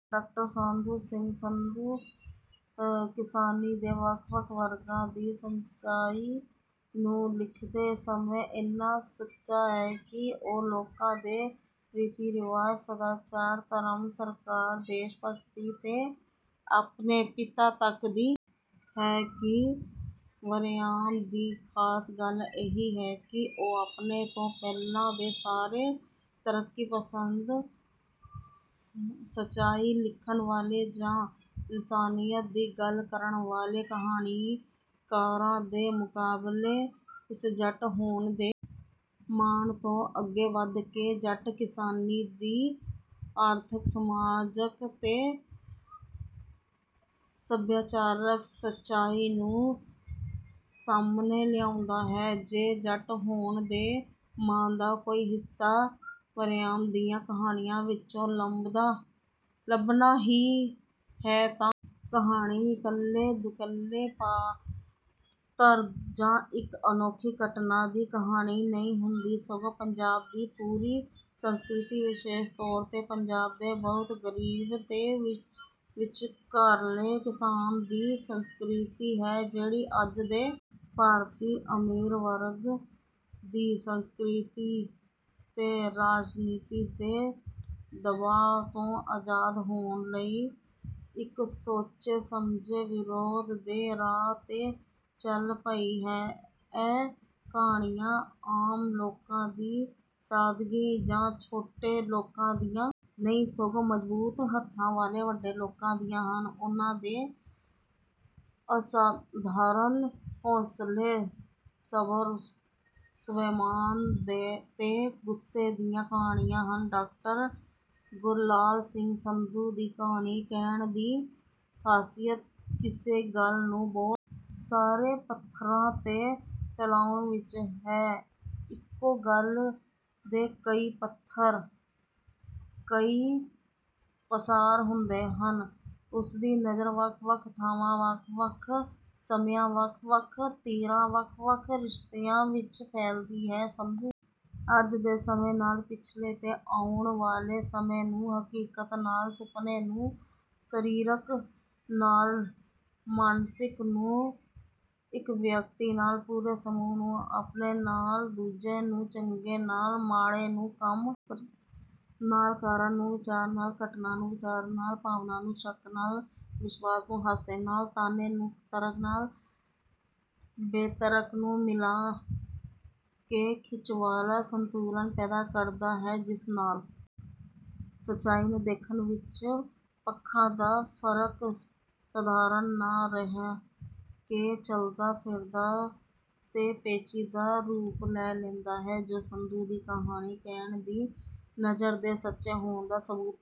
doctor Sadhu Singh Sandhu ਕਿਸਾਨੀ ਦੇ ਵੱਖ ਵੱਖ ਵਰਗਾਂ ਦੀ ਸੱਚਾਈ ਨੂੰ ਲਿਖਦੇ ਸਮੇਂ ਇੰਨਾ ਸੱਚਾ ਹੈ ਕਿ ਉਹ ਲੋਕਾਂ ਦੇ ਰੀਤੀ ਰਿਵਾਜ ਸਦਾਚਾਰ ਧਰਮ ਸਰਕਾਰ ਦੇਸ਼ ਭਗਤੀ ਤੇ ਆਪਣੇ ਪਿਤਾ ਤੱਕ ਦੀ ਹੈ ਕਿ ਵਰਿਆਮ ਦੀ ਖਾਸ ਗੱਲ ਇਹੀ ਹੈ ਕਿ ਉਹ ਆਪਣੇ ਤੋਂ ਪਹਿਲਾਂ ਦੇ ਸਾਰੇ ਤਰੱਕੀ ਪਸੰਦ ਸੱਚਾਈ ਲਿਖਣ ਵਾਲੇ ਜਾਂ ਇਨਸਾਨੀਅਤ ਦੀ ਗੱਲ ਕਰਨ ਵਾਲੇ ਕਹਾਣੀਕਾਰਾਂ ਦੇ ਮੁਕਾਬਲੇ ਇਸ ਜੱਟ ਹੋਣ ਦੇ ਮਾਣ ਤੋਂ ਅੱਗੇ ਵੱਧ ਕੇ ਜੱਟ ਕਿਸਾਨੀ ਦੀ ਆਰਥਕ ਸਮਾਜਕ ਤੇ ਸਭਿਆਚਾਰਕ ਸੱਚਾਈ ਨੂੰ ਸਾਹਮਣੇ ਲਿਆਉਂਦਾ ਹੈ ਜੇ ਜੱਟ ਹੋਣ ਦੇ ਮਾਣ ਦਾ ਕੋਈ ਹਿੱਸਾ ਵਰਿਆਮ ਦੀਆਂ ਕਹਾਣੀਆਂ ਵਿਚੋਂ ਲੱਭਣਾ ਹੀ ਹੈ ਤਾਂ ਕਹਾਣੀ ਇਕੱਲੇ ਦੁਕੱਲੇ ਪਾਤਰ ਜਾਂ ਇਕ ਅਨੋਖੀ ਘਟਨਾ ਦੀ ਕਹਾਣੀ ਨਹੀਂ ਹੁੰਦੀ ਸਗੋਂ ਪੰਜਾਬ ਦੀ ਪੂਰੀ ਸੰਸਕ੍ਰਿਤੀ ਵਿਸ਼ੇਸ਼ ਤੌਰ ਤੇ ਪੰਜਾਬ ਦੇ ਬਹੁਤ ਗਰੀਬ ਤੇ ਵਿਚਕਾਰਲੇ ਕਿਸਾਨ ਦੀ ਸੰਸਕ੍ਰਿਤੀ ਹੈ ਜਿਹੜੀ ਅੱਜ ਦੇ ਭਾਰਤੀ ਅਮੀਰ ਵਰਗ ਦੀ ਸੰਸਕ੍ਰਿਤੀ ਤੇ ਰਾਜਨੀਤੀ ਦੇ ਦਬਾਅ ਤੋਂ ਆਜ਼ਾਦ ਹੋਣ ਲਈ ਇਕ ਸੋਚੇ ਸਮਝੇ ਵਿਰੋਧ ਦੇ ਰਾਹ ਤੇ ਚੱਲ ਪਈ ਹੈ ਇਹ ਕਹਾਣੀਆਂ ਆਮ ਲੋਕਾਂ ਦੀ ਸਾਦਗੀ ਜਾਂ ਛੋਟੇ ਲੋਕਾਂ ਦੀਆਂ ਨਹੀਂ ਸਗੋਂ ਮਜ਼ਬੂਤ ਹੱਥਾਂ ਵਾਲੇ ਵੱਡੇ ਲੋਕਾਂ ਦੀਆਂ ਹਨ ਉਨ੍ਹਾਂ ਦੇ ਅਸਾਧਾਰਣ ਹੌਸਲੇ ਸਬਰ ਸਵੈਮਾਨ ਤੇ ਗੁੱਸੇ ਦੀਆਂ ਕਹਾਣੀਆਂ ਹਨ ਡਾਕਟਰ ਗੁਰਲਾਲ ਸਿੰਘ ਸੰਧੂ ਦੀ ਕਹਾਣੀ ਕਹਿਣ ਦੀ ਖਾਸੀਅਤ ਕਿਸੇ ਗੱਲ ਨੂੰ ਬਹੁਤ ਸਾਰੇ ਪੱਧਰਾਂ ਤੇ ਫੈਲਾਉਣ ਵਿਚ ਹੈ ਇਕੋ ਗੱਲ ਦੇ ਕਈ ਪੱਧਰ ਕਈ ਪਸਾਰ ਹੁੰਦੇ ਹਨ ਉਸਦੀ ਨਜ਼ਰ ਵੱਖ ਵੱਖ ਥਾਵਾਂ ਵੱਖ ਵੱਖ ਸਮਿਆਂ ਵੱਖ ਵੱਖ ਧਿਰਾਂ ਵੱਖ ਵੱਖ ਰਿਸ਼ਤਿਆਂ ਵਿਚ ਫੈਲਦੀ ਹੈ ਸੰਧੂ ਅੱਜ ਦੇ ਸਮੇਂ ਨਾਲ ਪਿਛਲੇ ਤੇ ਆਉਣ ਵਾਲੇ ਸਮੇਂ ਨੂੰ ਹਕੀਕਤ ਨਾਲ ਸੁਪਨੇ ਨੂੰ ਸਰੀਰਕ ਨਾਲ ਮਾਨਸਿਕ ਨੂੰ ਇਕ ਵਿਅਕਤੀ ਨਾਲ ਪੂਰੇ ਸਮੂਹ ਨੂੰ ਆਪਣੇ ਨਾਲ ਦੂਜੇ ਨੂੰ ਚੰਗੇ ਨਾਲ ਮਾੜੇ ਨੂੰ ਕੰਮ ਨਾਲ ਕਾਰਨ ਨੂੰ ਵਿਚਾਰ ਨਾਲ ਘਟਨਾ ਨੂੰ ਵਿਚਾਰ ਨਾਲ ਭਾਵਨਾ ਨੂੰ ਸ਼ੱਕ ਨਾਲ ਵਿਸ਼ਵਾਸ ਨੂੰ ਹਾਸੇ ਨਾਲ ਤਾਨੇ ਨੂੰ ਤਰਕ ਨਾਲ ਬੇਤਰਕ ਨੂੰ ਮਿਲਾ ਕੇ ਖਿੱਚ ਵਾਲਾ ਸੰਤੁਲਨ ਪੈਦਾ ਕਰਦਾ ਹੈ ਜਿਸ ਨਾਲ ਸੱਚਾਈ ਨੂੰ ਦੇਖਣ ਵਿਚ ਪੱਖਾਂ ਦਾ ਫਰਕ ਸਧਾਰਨ ਨਾ ਰਹਿ ਕੇ ਚਲਦਾ ਫਿਰਦਾ ਤੇ ਪੇਚੀਦਾ ਰੂਪ ਲੈ ਲੈਂਦਾ ਹੈ ਜੋ ਸੰਧੂ ਦੀ ਕਹਾਣੀ ਕਹਿਣ ਦੀ ਨਜ਼ਰ ਦੇ ਸੱਚੇ ਹੋਣ ਦਾ ਸਬੂਤ